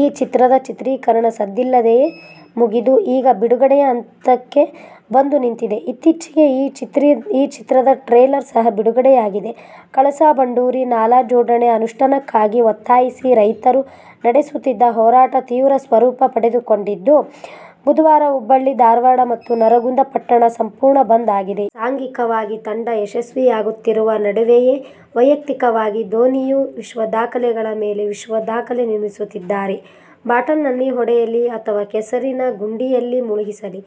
ಈ ಚಿತ್ರದ ಚಿತ್ರೀಕರಣ ಸದ್ದಿಲ್ಲದೆಯೇ ಮುಗಿದು, ಈಗ ಬಿಡುಗಡೆಯ ಹಂತಕ್ಕೆ ಬಂದು ನಿಂತಿದೆ. ಇತ್ತೀಚೆಗೆ ಈ ಚಿತ್ರದ ಟ್ರೇಲರ್ ಸಹ ಬಿಡುಗಡೆಯಾಗಿದೆ. ಕಳಸಾ ಬಂಡೂರಿ ನಾಲಾ ಜೋಡಣೆ ಅನುಷ್ಠಾನಕ್ಕಾಗಿ ಒತ್ತಾಯಿಸಿ ರೈತರು ನಡೆಸುತ್ತಿದ್ದ ಹೋರಾಟ ತೀವ್ರ ಸ್ವರೂಪ ಪಡೆದುಕೊಂಡಿದ್ದು, ಬುಧವಾರ ಹುಬ್ಬಳ್ಳಿ, ಧಾರವಾಡ ಮತ್ತು ನರಗುಂದ ಪಟ್ಟಣ ಸಂಪೂರ್ಣ ಬಂದ್ ಆಗಿದೆ. ಸಾಂಘಿಕವಾಗಿ ತಂಡ ಯಶಸ್ವಿಯಾಗುತ್ತಿರುವ ನಡುವೆಯೇ ವೈಯಕ್ತಿಕವಾಗಿ ಧೋನಿಯೂ ವಿಶ್ವದಾಖಲೆಗಳ ಮೇಲೆ ವಿಶ್ವದಾಖಲೆ ನಿರ್ಮಿಸುತ್ತಿದ್ದಾರೆ. ಬಾಟಲ್ ನಲ್ಲಿ ಹೊಡೆಯಲಿ ಅಥವಾ ಕೆಸರಿನ ಗುಂಡಿಯಲ್ಲಿ ಮುಳುಗಿಸಲಿ..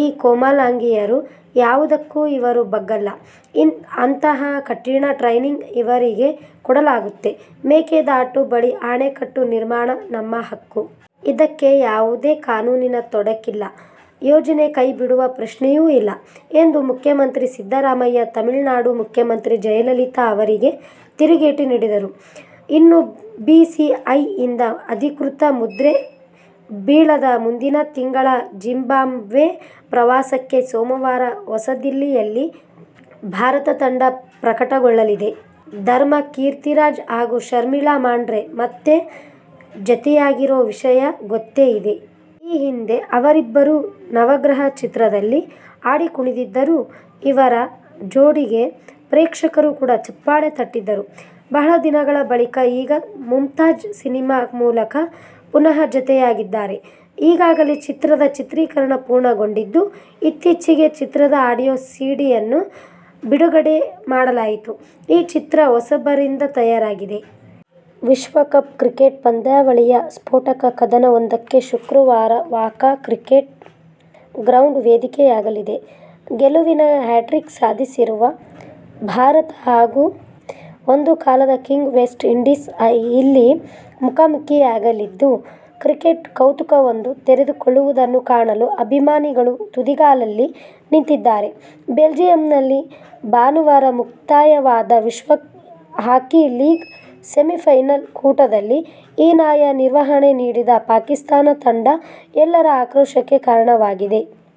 ಈ ಕೋಮಲಾಂಗಿಯರು ಯಾವುದಕ್ಕೂ ಇವರು ಬಗ್ಗಲ್ಲ. ಅಂತಹ ಕಠಿಣ ಟ್ರೈನಿಂಗ್ ಇವರಿಗೆ ಕೊಡಲಾಗತ್ತೆ. "ಮೇಕೆದಾಟು ಬಳಿ ಅಣೆಕಟ್ಟು ನಿರ್ಮಾಣ ನಮ್ಮ ಹಕ್ಕು. ಇದಕ್ಕೆ ಯಾವುದೇ ಕಾನೂನಿನ ತೊಡಕಿಲ್ಲ. ಯೋಜನೆ ಕೈಬಿಡುವ ಪ್ರಶ್ನೆಯೂ ಇಲ್ಲ' ಎಂದು ಮುಖ್ಯಮಂತ್ರಿ ಸಿದ್ದರಾಮಯ್ಯ ತಮಿಳುನಾಡು ಮುಖ್ಯಮಂತ್ರಿ ಜಯಲಲಿತಾ ಅವರಿಗೆ ತಿರುಗೇಟು ನೀಡಿದರು. ಇನ್ನೂ ಬಿಸಿಸಿಐಯಿಂದ ಅಧಿಕೃತ ಮುದ್ರೆ ಬೀಳದ ಮುಂದಿನ ತಿಂಗಳ ಜಿಂಬಾಬ್ವೆ ಪ್ರವಾಸಕ್ಕೆ ಸೋಮವಾರ ಹೊಸದಿಲ್ಲಿಯಲ್ಲಿ ಭಾರತ ತಂಡ ಪ್ರಕಟಗೊಳ್ಳಲಿದೆ. ಧರ್ಮ ಕೀರ್ತಿರಾಜ್ ಹಾಗು ಶರ್ಮಿಳಾ ಮಾಂಡ್ರೆ ಮತ್ತೆ ಜತೆಯಾಗಿರೋ ವಿಷಯ ಗೊತ್ತೇ ಇದೆ. ಈ ಹಿಂದೆ ಅವರಿಬ್ಬರೂ "ನವಗ್ರಹ' ಚಿತ್ರದಲ್ಲಿ ಹಾಡಿ ಕುಣಿದಿದ್ದರು. ಇವರ ಜೋಡಿಗೆ ಪ್ರೇಕ್ಷಕರು ಕೂಡ ಚಪ್ಪಾಳೆ ತಟ್ಟಿದ್ದರು. ಬಹಳ ದಿನಗಳ ಬಳಿಕ ಈಗ "ಮುಮ್ತಾಜ್' ಸಿನಿಮಾ ಮೂಲಕ ಪುನಃ ಜತೆಯಾಗಿದ್ದಾರೆ. ಈಗಾಗಲೇ ಚಿತ್ರದ ಚಿತ್ರೀಕರಣ ಪೂರ್ಣಗೊಂಡಿದ್ದು, ಇತ್ತೀಚೆಗೆ ಚಿತ್ರದ ಆಡಿಯೋ ಸಿಡಿಯನ್ನು ಬಿಡುಗಡೆ ಮಾಡಲಾಯಿತು. ಈ ಚಿತ್ರ ಹೊಸಬರಿಂದ ತಯಾರಾಗಿದೆ. ವಿಶ್ವಕಪ್ ಕ್ರಿಕೆಟ್ ಪಂದ್ಯಾವಳಿಯ ಸ್ಫೋಟಕ ಕದನವೊಂದಕ್ಕೆ ಶುಕ್ರವಾರ "ವಾಕಾ ಕ್ರಿಕೆಟ್ ಗ್ರೌಂಡ್' ವೇದಿಕೆಯಾಗಲಿದೆ. ಗೆಲುವಿನ ಹ್ಯಾಟ್ರಿಕ್ ಸಾಧಿಸಿರುವ ಭಾರತ ಹಾಗೂ ಒಂದು ಕಾಲದ ಕಿಂಗ್ ವೆಸ್ಟ್ ಇಂಡೀಸ್ ಇಲ್ಲಿ ಮುಖಾಮುಖೀಯಾಗಲಿದ್ದು, ಕ್ರಿಕೆಟ್ ಕೌತುಕವೊಂದು ತೆರೆದುಕೊಳ್ಳುವುದನ್ನು ಕಾಣಲು ಅಭಿಮಾನಿಗಳು ತುದಿಗಾಲಲ್ಲಿ ನಿಂತಿದ್ದಾರೆ. ಬೆಲ್ಜಿಯಂನಲ್ಲಿ ಭಾನುವಾರ ಮುಕ್ತಾಯವಾದ ವಿಶ್ವ ಹಾಕಿ ಲೀಗ್ ಸೆಮಿಫೈನಲ್ ಕೂಟದಲ್ಲಿ ಹೀನಾಯ ನಿರ್ವಹಣೆ ನೀಡಿದ ಪಾಕಿಸ್ತಾನ ತಂಡ ಎಲ್ಲರ ಆಕ್ರೋಶಕ್ಕೆ ಕಾರಣವಾಗಿದೆ.